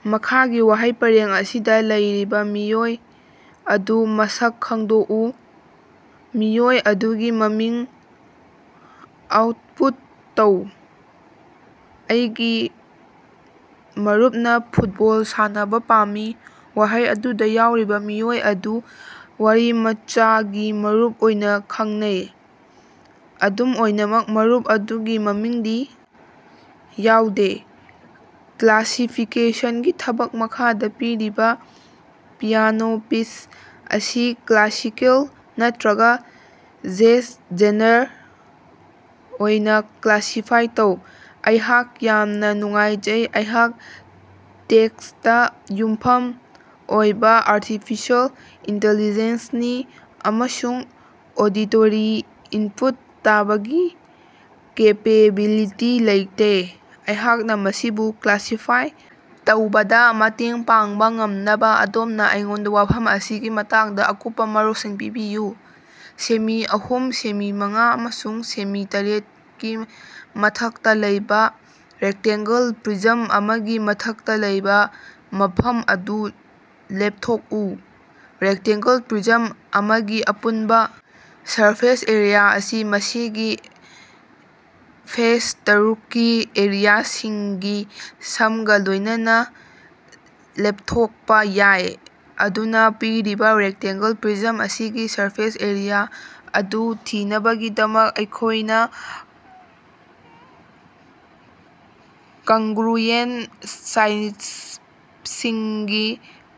ꯃꯈꯥꯒꯤ ꯋꯥꯍꯩ ꯄꯔꯦꯡ ꯑꯁꯤꯗꯥ ꯂꯩꯔꯤꯕꯥ ꯃꯤꯑꯣꯏ ꯑꯗꯨ ꯃꯁꯛ ꯈꯪꯗꯣꯛꯎ꯫ ꯃꯤꯑꯣꯏ ꯑꯗꯨꯒꯤ ꯃꯃꯤꯡ ꯑꯥꯎꯠꯄꯨꯠ ꯇꯧ꯫ ꯑꯩꯒꯤ ꯃꯔꯨꯞꯅꯥ ꯐꯨꯠꯕꯣꯜ ꯁꯥꯟꯅꯕꯥ ꯄꯥꯝꯃꯤ꯫ ꯋꯥꯍꯩ ꯑꯗꯨꯗꯥ ꯌꯥꯎꯔꯤꯕꯥ ꯃꯤꯑꯣꯏ ꯑꯗꯨ ꯋꯥꯔꯤꯃꯆꯥꯒꯤ ꯃꯔꯨꯞ ꯑꯣꯏꯅꯥ ꯈꯪꯅꯩ, ꯑꯗꯨꯝ ꯑꯣꯏꯅꯃꯛ ꯃꯔꯨꯞ ꯑꯗꯨꯒꯤ ꯃꯃꯤꯡꯗꯤ ꯌꯥꯎꯗꯦ꯫ ꯀ꯭ꯂꯥꯁꯤꯐꯤꯀꯦꯁꯟꯒꯤ ꯊꯕꯛ ꯃꯈꯥꯗꯥ ꯄꯤꯔꯤꯕꯥ ꯄꯤꯌꯥꯅꯣ ꯄꯤꯁ ꯑꯁꯤ ꯀ꯭ꯂꯥꯁꯤꯀꯦꯜ ꯅꯠꯇ꯭ꯔꯒꯥ ꯖꯦꯖ ꯖꯦꯅꯔ ꯑꯣꯏꯅꯥ ꯀ꯭ꯂꯥꯁꯤꯐꯥꯏ ꯇꯧ꯫ ꯑꯩꯍꯥꯛ ꯌꯥꯝꯅꯥ ꯅꯨꯡꯉꯥꯏꯖꯩ, ꯑꯩꯍꯥꯛ ꯇꯦꯛꯁꯇꯥ ꯌꯨꯝꯐꯝ ꯑꯣꯏꯕꯥ ꯑꯔꯊꯤꯐꯤꯁꯦꯜ ꯏꯟꯇꯤꯂꯤꯖꯦꯟꯁꯅꯤ ꯑꯃꯁꯨꯡ ꯑꯣꯗꯤꯇꯣꯔꯤ ꯏꯟꯄꯨꯠ ꯇꯥꯕꯒꯤ ꯀꯦꯄꯦꯕꯤꯂꯤꯇꯤ ꯂꯩꯇꯦ꯫ ꯑꯩꯍꯥꯛꯅꯥ ꯃꯁꯤꯕꯨ ꯀ꯭ꯂꯥꯁꯤꯐꯥꯏ ꯇꯧꯕꯗꯥ ꯃꯇꯦꯡ ꯄꯥꯡꯕꯥ ꯉꯝꯅꯕꯥ ꯑꯗꯣꯝꯅꯥ ꯑꯩꯉꯣꯟꯗꯥ ꯋꯥꯐꯝ ꯑꯁꯤꯒꯤ ꯃꯇꯥꯡꯗꯥ ꯑꯀꯨꯞꯄꯥ ꯃꯔꯣꯜꯁꯤꯡ ꯄꯤꯕꯤꯌꯨ꯫ ꯁꯦꯃꯤ ꯑꯍꯨꯝ ꯁꯦꯃꯤ ꯃꯉꯥ ꯑꯃꯁꯨꯡ ꯁꯦꯃꯤ ꯇꯔꯦꯠꯀꯤ ꯃꯊꯛꯇꯥ ꯂꯩꯕꯥ ꯔꯦꯛꯇꯦꯡꯒꯜ ꯄ꯭ꯔꯤꯖꯝ ꯑꯃꯒꯤ ꯃꯊꯛꯇꯥ ꯂꯩꯕꯥ ꯃꯐꯝ ꯑꯗꯨ ꯂꯦꯞꯊꯣꯛꯎ꯫ ꯔꯦꯛꯇꯦꯡꯒꯜ ꯄ꯭ꯔꯤꯖꯝ ꯑꯃꯒꯤ ꯑꯄꯨꯟꯕꯥ ꯁꯔꯐꯦꯁ ꯑꯦꯔꯤꯌꯥ ꯑꯁꯤ ꯃꯁꯤꯒꯤ ꯐꯦꯁ ꯇꯥꯔꯨꯛꯀꯤ ꯑꯦꯔꯤꯌꯥꯁꯤꯡꯒꯤ ꯁꯝꯒꯥ ꯂꯣꯏꯅꯅꯥ ꯂꯦꯞꯊꯣꯛꯄꯥ ꯌꯥꯏ꯫ ꯑꯗꯨꯅꯥ, ꯄꯤꯔꯤꯕꯥ ꯔꯦꯛꯇꯦꯡꯒꯜ ꯄ꯭ꯔꯤꯖꯝ ꯑꯁꯤꯒꯤ ꯁꯔꯐꯦꯁ ꯑꯦꯔꯤꯌꯥ ꯑꯗꯨ ꯊꯤꯅꯕꯒꯤꯗꯃꯛ, ꯑꯩꯈꯣꯏꯅꯥ ꯀꯪꯒ꯭ꯔꯨꯌꯦꯟ ꯁꯥꯏꯠꯁꯤꯡꯒꯤ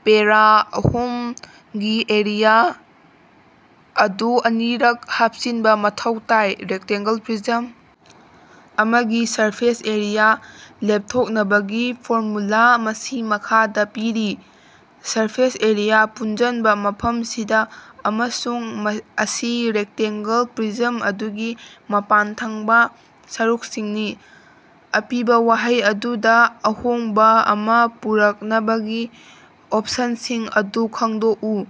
ꯄꯦꯔꯥ ꯑꯍꯨꯝꯒꯤ ꯑꯦꯔꯤꯌꯥ ꯑꯗꯨ ꯑꯅꯤꯔꯛ ꯍꯥꯞꯆꯤꯟꯕꯥ ꯃꯊꯧ ꯇꯥꯏ꯫ ꯔꯦꯛꯇꯦꯡꯒꯜ ꯄ꯭ꯔꯤꯖꯝ ꯑꯃꯒꯤ ꯁꯔꯐꯦꯁ ꯑꯦꯔꯤꯌꯥ ꯂꯦꯞꯊꯣꯛꯅꯕꯒꯤ ꯐꯣꯔꯃꯨꯂꯥ ꯃꯁꯤ ꯃꯈꯥꯗꯥ ꯄꯤꯔꯤ: ꯁꯔꯐꯦꯁ ꯑꯦꯔꯤꯌꯥ ꯄꯨꯟꯖꯟꯕ ꯃꯐꯝꯁꯤꯗꯥ ꯑꯃꯁꯨꯡ ꯑꯁꯤ ꯔꯦꯛꯇꯦꯡꯒꯜ ꯄ꯭ꯔꯤꯖꯝ ꯑꯗꯨꯒꯤ ꯃꯄꯥꯟꯊꯪꯕꯥ ꯁꯔꯨꯛꯁꯤꯡꯅꯤ꯫ ꯑꯄꯤꯕꯥ ꯋꯥꯍꯩ ꯑꯗꯨꯗꯥ ꯑꯍꯣꯡꯕꯥ ꯑꯃꯥ ꯄꯨꯔꯛꯅꯕꯒꯤ ꯑꯣꯞꯁꯟꯁꯤꯡ ꯑꯗꯨ ꯈꯪꯗꯣꯛꯎ꯫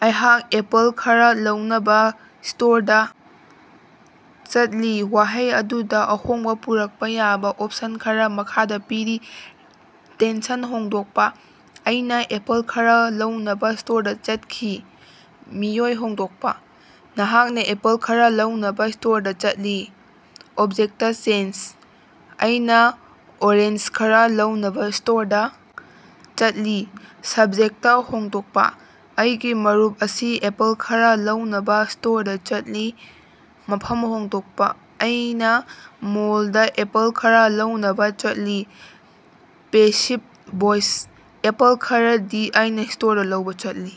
ꯑꯩꯍꯥꯛ ꯑꯦꯄꯜ ꯈꯔꯥ ꯂꯧꯅꯕꯥ ꯁ꯭ꯇꯣꯔꯗꯥ ꯆꯠꯂꯤ꯫ ꯋꯥꯍꯩ ꯑꯗꯨꯗꯥ ꯑꯍꯣꯡꯕꯥ ꯄꯨꯔꯛꯄꯥ ꯌꯥꯕꯥ ꯑꯣꯞꯁꯟ ꯈꯔꯥ ꯃꯈꯥꯗꯥ ꯄꯤꯔꯤ: ꯇꯦꯟꯁꯟ ꯍꯣꯡꯗꯣꯛꯄꯥ: ꯑꯩꯅꯥ ꯑꯦꯄꯜ ꯈꯔꯥ ꯂꯧꯅꯕꯥ ꯁ꯭ꯇꯣꯔꯗꯥ ꯆꯠꯈꯤ꯫ ꯃꯤꯑꯣꯏ ꯍꯣꯡꯗꯣꯛꯄꯥ: ꯅꯍꯥꯛꯅꯥ ꯑꯦꯄꯜ ꯈꯔꯥ ꯂꯧꯅꯕꯥ ꯁ꯭ꯇꯣꯔꯗꯥ ꯆꯠꯂꯤ꯫ ꯑꯣꯕꯖꯦꯛꯇ ꯆꯦꯟꯖ: ꯑꯩꯅꯥ ꯑꯣꯔꯦꯟꯖ ꯈꯔꯥ ꯂꯧꯅꯕꯥ ꯁ꯭ꯇꯣꯔꯗꯥ ꯆꯠꯂꯤ꯫ ꯁꯕꯖꯦꯛꯇ ꯍꯣꯡꯗꯣꯛꯄꯥ: ꯑꯩꯒꯤ ꯃꯔꯨꯞ ꯑꯁꯤ ꯑꯦꯄꯜ ꯈꯔꯥ ꯂꯧꯅꯕꯥ ꯁ꯭ꯇꯣꯔꯗꯥ ꯆꯠꯂꯤ꯫ ꯃꯐꯝ ꯍꯣꯡꯗꯣꯛꯄꯥ: ꯑꯩꯅꯥ ꯃꯣꯜꯗꯥ ꯑꯦꯄꯜ ꯈꯔꯥ ꯂꯧꯅꯕꯥ ꯆꯠꯂꯤ꯫ ꯄꯦꯁꯤꯕ ꯚꯣꯏꯁ: ꯑꯦꯄꯜ ꯈꯔꯗꯤ ꯑꯩꯅꯥ ꯁ꯭ꯇꯣꯔꯗꯥ ꯂꯧꯕꯥ ꯆꯠꯂꯤ꯫